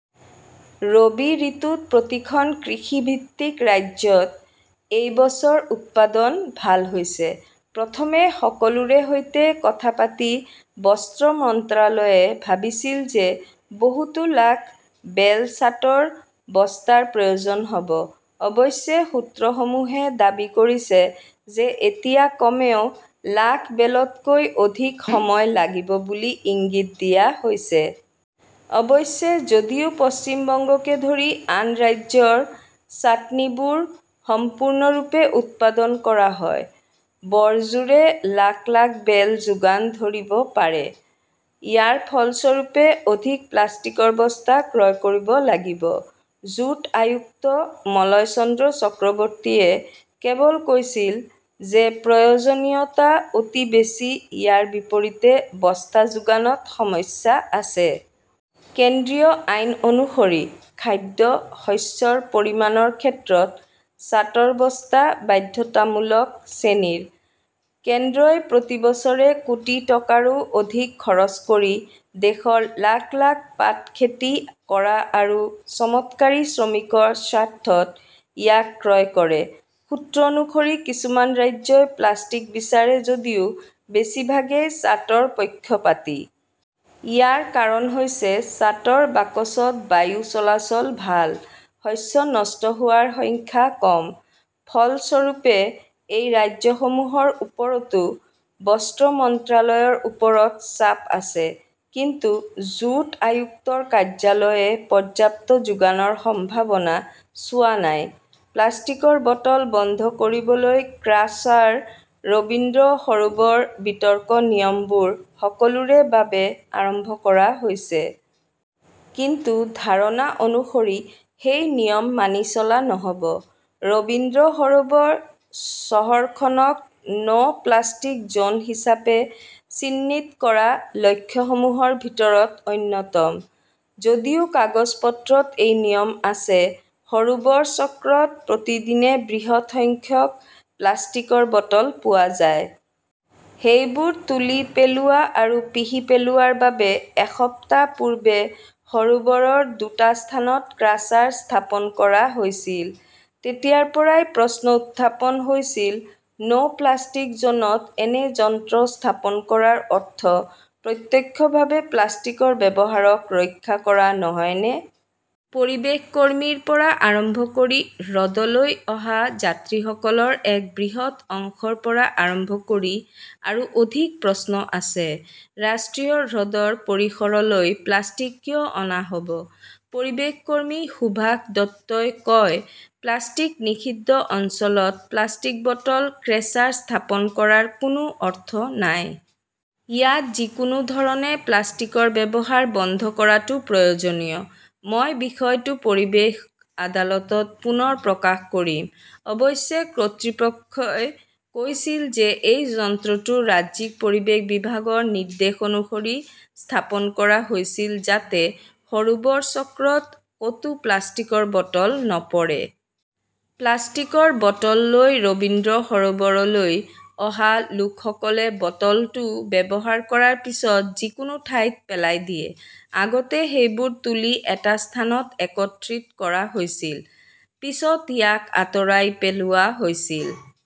ৰবি ঋতুত প্ৰতিখন কৃষিভিত্তিক ৰাজ্যত এই বছৰ উৎপাদন ভাল হৈছে। প্ৰথমে সকলোৰে সৈতে কথা পাতি বস্ত্ৰ মন্ত্ৰালয়ে ভাবিছিল যে বহুতো লাখ বেল চাটৰ বস্তাৰ প্ৰয়োজন হ 'ব। অৱশ্যে সূত্ৰসমূহে দাবী কৰিছে যে এতিয়া কমেও লাখ বেলতকৈ অধিক সময় লাগিব বুলি ইংগিত দিয়া হৈছে। অৱশ্যে যদিও পশ্চিম বংগকে ধৰি আন ৰাজ্যৰ চাটনিবোৰ সম্পূৰ্ণৰূপে উৎপাদন কৰা হয়। বৰজোৰে লাখ -লাখ বেল যোগান ধৰিব পাৰে। ইয়াৰ ফলস্বৰূপে অধিক প্লাষ্টিকৰ বস্তা ক্ৰয় কৰিব লাগিব। জুট আয়ুক্ত মলয়চন্দ্ৰ চক্ৰৱৰ্তীয়ে কেৱল কৈছিল যে প্ৰয়োজনীয়তা অতি বেছি ইয়াৰ বিপৰীতে বস্তা যোগানত সমস্যা আছে। কেন্দ্ৰীয় আইন অনুসৰি খাদ্য, শস্যৰ পৰিমাণৰ ক্ষেত্ৰত চাটৰ বস্তা বাধ্যতামূলক চেনিৰ। কেন্দ্ৰই প্ৰতি বছৰে কোটি টকাৰো অধিক খৰচ কৰি দেশৰ লাখ -লাখ পাট খেতি কৰা আৰু চমৎকাৰী শ্ৰমিকৰ স্বাৰ্থত ইয়াক ক্ৰয় কৰে। সূত্ৰ অনুসৰি কিছুমান ৰাজ্যই প্লাষ্টিক বিচাৰে যদিও বেছিভাগেই চাটৰ পক্ষপাতী। ইয়াৰ কাৰণ হৈছে চাটৰ বাকচত বায়ু চলাচল ভাল। শস্য নষ্ট হোৱাৰ সংখ্যা কম। ফলস্বৰূপে, সেই ৰাজ্যসমূহৰ ওপৰতো বস্ত্ৰ মন্ত্ৰালয়ৰ ওপৰত চাপ আছে। কিন্তু জুট আয়ুক্তৰ কাৰ্যালয়ে পৰ্যাপ্ত যোগানৰ সম্ভাৱনা চোৱা নাই। প্লাষ্টিকৰ বটল বন্ধ কৰিবলৈ ক্ৰাছাৰ ৰবীন্দ্ৰ সৰোবৰ বিতৰ্ক নিয়মবোৰ সকলোৰে বাবে আৰম্ভ কৰা হৈছে। কিন্তু ধাৰণা অনুসৰি সেই নিয়ম মানি চলা নহ'ব। ৰবীন্দ্ৰ সৰোবৰ চহৰখনক নো' প্লাষ্টিক জ'ন হিচাপে চিহ্নিত কৰা লক্ষ্যসমূহৰ ভিতৰত অন্যতম। যদিও কাগজ-পত্ৰত এই নিয়ম আছে, সৰোবৰ চক্ৰত প্ৰতিদিনে বৃহৎ সংখ্যক প্লাষ্টিকৰ বটল পোৱা যায়। সেইবোৰ তুলি পেলোৱা আৰু পিহি পেলোৱাৰ বাবে এসপ্তাহ পূৰ্বে সৰোবৰৰ দুটা স্থানত ক্ৰাছাৰ স্থাপন কৰা হৈছিল। তেতিয়াৰ পৰাই প্ৰশ্ন উত্থাপন হৈছিল নো' প্লাষ্টিক জ'নত এনে যন্ত্ৰ স্থাপন কৰাৰ অৰ্থ প্ৰত্যক্ষভাৱে প্লাষ্টিকৰ ব্যৱহাৰক ৰক্ষা কৰা নহয়নে? পৰিৱেশ কৰ্মীৰ পৰা আৰম্ভ কৰি হ্ৰদলৈ অহা যাত্ৰীসকলৰ এক বৃহৎ অংশৰ পৰা আৰম্ভ কৰি আৰু অধিক প্ৰশ্ন আছে, ৰাষ্ট্ৰীয় হ্ৰদৰ পৰিসৰলৈ প্লাষ্টিক কিয় অনা হ 'ব? পৰিৱেশ কৰ্মী সুভাষ দত্তই কয়, প্লাষ্টিক নিষিদ্ধ অঞ্চলত প্লাষ্টিক বটল ক্ৰেচাৰ স্থাপন কৰাৰ কোনো অৰ্থ নাই। ইয়াত যিকোনো ধৰণে প্লাষ্টিকৰ ব্যৱহাৰ বন্ধ কৰাটো প্ৰয়োজনীয়। মই বিষয়টো পৰিৱেশ আদালতত পুনৰ প্ৰকাশ কৰিম। অৱশ্যে কৰ্তৃপক্ষই কৈছিল যে এই যন্ত্ৰটো ৰাজ্যিক পৰিৱেশ বিভাগৰ নিৰ্দেশ অনুসৰি স্থাপন কৰা হৈছিল যাতে সৰোবৰ চক্ৰত ক'তো প্লাষ্টিকৰ বটল নপৰে। প্লাষ্টিকৰ বটল লৈ ৰবীন্দ্ৰ সৰোবৰলৈ অহা লোকসকলে বটলটো ব্যৱহাৰ কৰাৰ পিছত যিকোনো ঠাইতে পেলাই দিয়ে। আগতে সেইবোৰ তুলি এটা স্থানত একত্ৰিত কৰা হৈছিল। পিছত ইয়াক আঁতৰাই পেলোৱা হৈছিল।